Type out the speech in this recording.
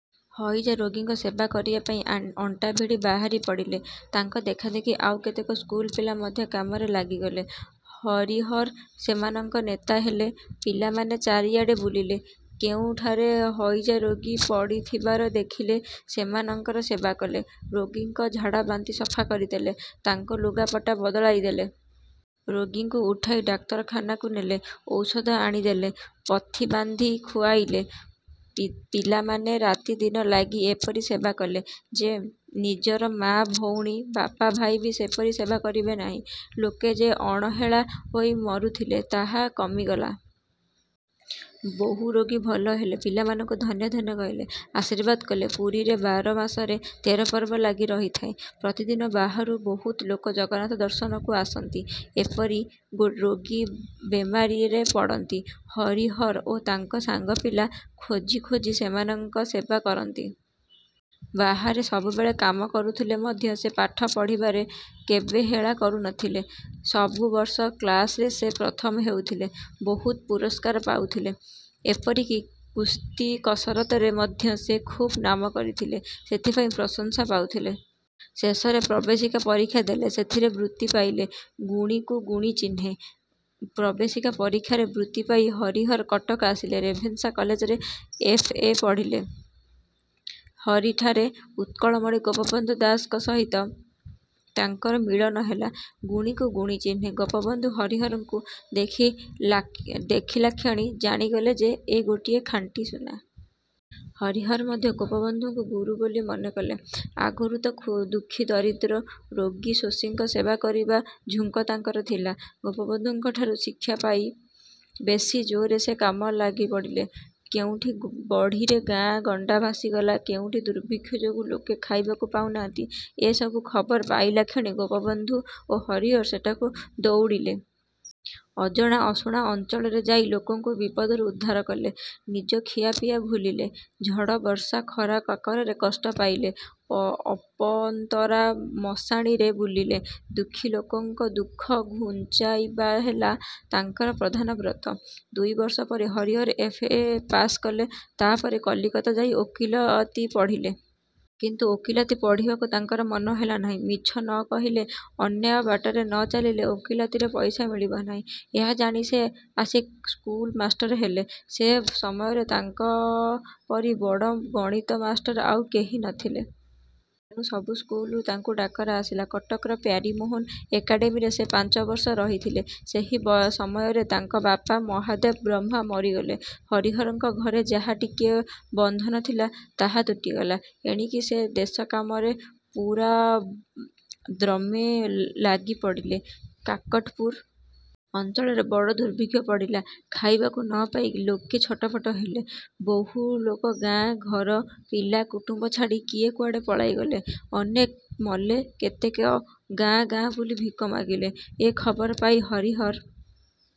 ହଇଜା ରୋଗୀଙ୍କ ସେବା କରିବା ପାଇଁ ଆଁ ଅଣ୍ଟାଭିଡି ବାହାରି ପଡ଼ିଲେ। ତାଙ୍କ ଦେଖାଦେଖି ଆଉ କେତେକ ସ୍କୁଲପିଲା ମଧ୍ୟ କାମରେ ଲାଗିଗଲେ। ହରିହର ସେମାନଙ୍କ ନେତା ହେଲେ। ପିଲାମାନେ ଚାରିଆଡ଼େ ବୁଲିଲେ। କେଉଁଠାରେ ହଇଜାରୋଗୀ ପଡ଼ିଥିବାର ଦେଖିଲେ, ସେମାନଙ୍କର ସେବା କଲେ। ରୋଗୀଙ୍କ ଝାଡ଼ାବାନ୍ତି ସଫା କରିଦେଲେ, ତାଙ୍କ ଲୁଗାପଟା ବଦଳାଇଦେଲେ। ରୋଗୀଙ୍କୁ ଉଠାଇ ଡାକ୍ତରଖାନାକୁ ନେଲେ। ଔଷଧ ଆଣି ଦେଲେ, ପଥି ବାନ୍ଧି ଖୁଆଇଲେ। ପି ପିଲାମାନେ ରାତିଦିନ ଲାଗି ଏପରି ସେବା କଲେ ଯେ, ନିଜର ମା ଭଉଣୀ, ବାପା ଭାଇ ବି ସେପରି ସେବା କରିବେ ନାହିଁ। ଲୋକେ ଯେ ଅଣହେଳା ହୋଇ ମରୁଥିଲେ, ତାହା କମିଗଲା। ବହୁ ରୋଗୀ ଭଲ ହେଲେ। ପିଲାମାନଙ୍କୁ ଧନ୍ୟ ଧନ୍ୟ କହିଲେ, ଆଶୀର୍ବାଦ କଲେ। ପୁରୀରେ ବାର ମାସରେ ତେର ପର୍ବ ଲାଗି ରହିଥାଏ। ପ୍ରତିଦିନ ବାହାରୁ ବହୁତ ଲୋକ ଜଗନ୍ନାଥ ଦର୍ଶନକୁ ଆସନ୍ତି, ଏପରି ରୋଗ ବେମାରିରେ ପଡ଼ନ୍ତି। ହରିହର ଓ ତାଙ୍କ ସାଙ୍ଗ ପିଲା ଖୋଜି ଖୋଜି ସେମାନଙ୍କ ସେବା କରନ୍ତି। ବାହାରେ ସବୁବେଳେ କାମ କରୁଥିଲେ ମଧ୍ୟ ସେ ପାଠ ପଢିବା ରେ କେବେ ହେଳା କରୁ ନ ଥିଲେ। ସବୁ ବର୍ଷ କ୍ଲାସରେ ସେ ପ୍ରଥମ ହେଉଥିଲେ। ବହୁତ ପୁରସ୍କାର ପାଉଥିଲେ। ଏପରି କି କୁସ୍ତି କସରତରେ ମଧ୍ୟ ସେ ଖୁବ୍ ନାମ କରିଥିଲେ, ସେଥିପାଇଁ ପ୍ରଶଂସା ପାଉଥିଲେ। ଶେଷରେ ପ୍ରବେଶିକା ପରୀକ୍ଷା ଦେଲେ; ସେଥିରେ ବୃତ୍ତି ପାଇଲେ। ଗୁଣୀକୁ ଗୁଣୀ ଚିହ୍ନେ ପ୍ରବେଶିକା ପରୀକ୍ଷାରେ ବୃତ୍ତି ପାଇ ହରିହର କଟକ ଆସିଲେ। ରେଭେନ୍ସା କଲେଜରେ ଏଫ. ଏ. ପଢ଼ିଲେ। ହରିଠାରେ ଉତ୍କଳମଣି ଗୋପବନ୍ଧୁ ଦାସଙ୍କ ସହିତ ତାଙ୍କର ମିଳନ ହେଲା। ଗୁଣୀକୁ ଗୁଣୀ ଚିହ୍ନେ। ଗୋପବନ୍ଧୁ ହରିହରଙ୍କୁ ଦେଖିଲା ଦେଖିଲାକ୍ଷଣି ଜାଣିଗଲେ ଯେ, ଏ ଗୋଟିଏ ଖାଣ୍ଟି ସୁନା। ହରିହର ମଧ୍ୟ ଗୋପବନ୍ଧୁଙ୍କୁ ଗୁରୁ ବୋଲି ମନେ କଲେ। ଆଗୁରୁ ତ ଖୁ ଦୁଃଖୀ ଦରିଦ୍ର, ରୋଗୀଶୋଷୀଙ୍କ ସେବା କରିବା ଝୁଙ୍କ ତାଙ୍କର ଥିଲା। ଗୋପବନ୍ଧୁଙ୍କ ଠାରୁ ଶିକ୍ଷା ପାଇ ବେଶୀ ଜୋରେ ସେ କାମରେ ଲାଗି ପଡ଼ିଲେ। କେଉଁଠି ବଢ଼ିରେ ଗାଁ ଗଣ୍ଡା ଭାସିଗଲା, କେଉଁଠି ଦୁର୍ଭିକ୍ଷ ଯୋଗୁଁ ଲୋକେ ଖାଇବାକୁ ପାଉନାହାନ୍ତି, ଏ ସବୁ ଖବର ପାଇଲାକ୍ଷଣି ଗୋପବନ୍ଧୁ ଓ ହରିହର ସେଠାକୁ ଦଉଡ଼ିଲେ। ଅଜଣା ଅଶୁଣା ଅଞ୍ଚଳରେ ଯାଇ ଲୋକଙ୍କୁ ବିପଦରୁ ଉଦ୍ଧାର କଲେ। ନିଜ ଖିଆପିଆ ଭୁଲିଲେ, ଝଡ଼ବର୍ଷା, ଖରାକାକରରେ କଷ୍ଟ ପାଇଲେ, ଅ ଅପନ୍ତରା ମଶାଣିରେ ବୁଲିଲେ। ଦୁଃଖୀଲୋକଙ୍କ ଦୁଃଖ ଘୁଞ୍ଚାଇବା ହେଲା ତାଙ୍କର ପ୍ରଧାନ ବ୍ରତ। ଦୁଇ ବର୍ଷ ପରେ ହରିହର ଏଫ. ଏ. ପାସ୍ କଲେ। ତା’ ପରେ କଲିକତା ଯାଇ ଓକିଲାତି ପଢ଼ିଲେ। କିନ୍ତୁ ଓକିଲାତି ପଢ଼ିବାକୁ ତାଙ୍କର ମନ ହେଲା ନାହିଁ। ମିଛ ନ କହିଲେ, ଅନ୍ୟାୟ ବାଟରେ ନ ଚାଲିଲେ ଓକିଲାତିରେ ପଇସା ମିଳିବ ନାହିଁ। ଏହା ଜାଣି ସେ ଆସି ସ୍କୁଲ ମାଷ୍ଟର ହେଲେ। ସେ ସମୟରେ ତାଙ୍କ ପରି ବଡ଼ ଗଣିତ ମାଷ୍ଟର ଆଉ କେହି ନ ଥିଲେ। ତେଣୁ ସବୁ ସ୍କୁଲରୁ ତାଙ୍କୁ ଡାକରା ଆସିଲା। କଟକର ପ୍ୟାରୀମୋହନ ଏକାଡେମୀରେ ସେ ପାଞ୍ଚ ବର୍ଷ ରହିଥିଲେ। ସେହି ବୟ ସମୟରେ ତାଙ୍କ ବାପା ମହାଦେବ ବ୍ରହ୍ମା ମରିଗଲେ। ହରିହରଙ୍କର ଘରେ ଯାହା ଟିକିଏ ବନ୍ଧନ ଥିଲା, ତାହା ତୁଟିଗଲା। ଏଣିକି ସେ ଦେଶକାମରେ ପୁରାଦ୍ରମେ ଲାଗିପଡ଼ିଲେ। କାକଟପୁର ଅଞ୍ଚଳରେ ବଡ଼ ଦୁର୍ଭିକ୍ଷ ପଡ଼ିଲା। ଖାଇବାକୁ ନ ପାଇ ଲୋକେ ଛଟପଟ ହେଲେ। ବହୁ ଲୋକ ଗାଁ, ଘର, ପିଲା କୁଟୁମ୍ବ ଛାଡ଼ି କିଏ କୁଆଡ଼େ ପଳାଇଗଲେ। ଅନେକ ମଲେ, କେତେକ ଗାଁ ଗାଁ ବୁଲି ଭିକ ମାଗିଲେ। ଏ ଖବର ପାଇ ହରିହର...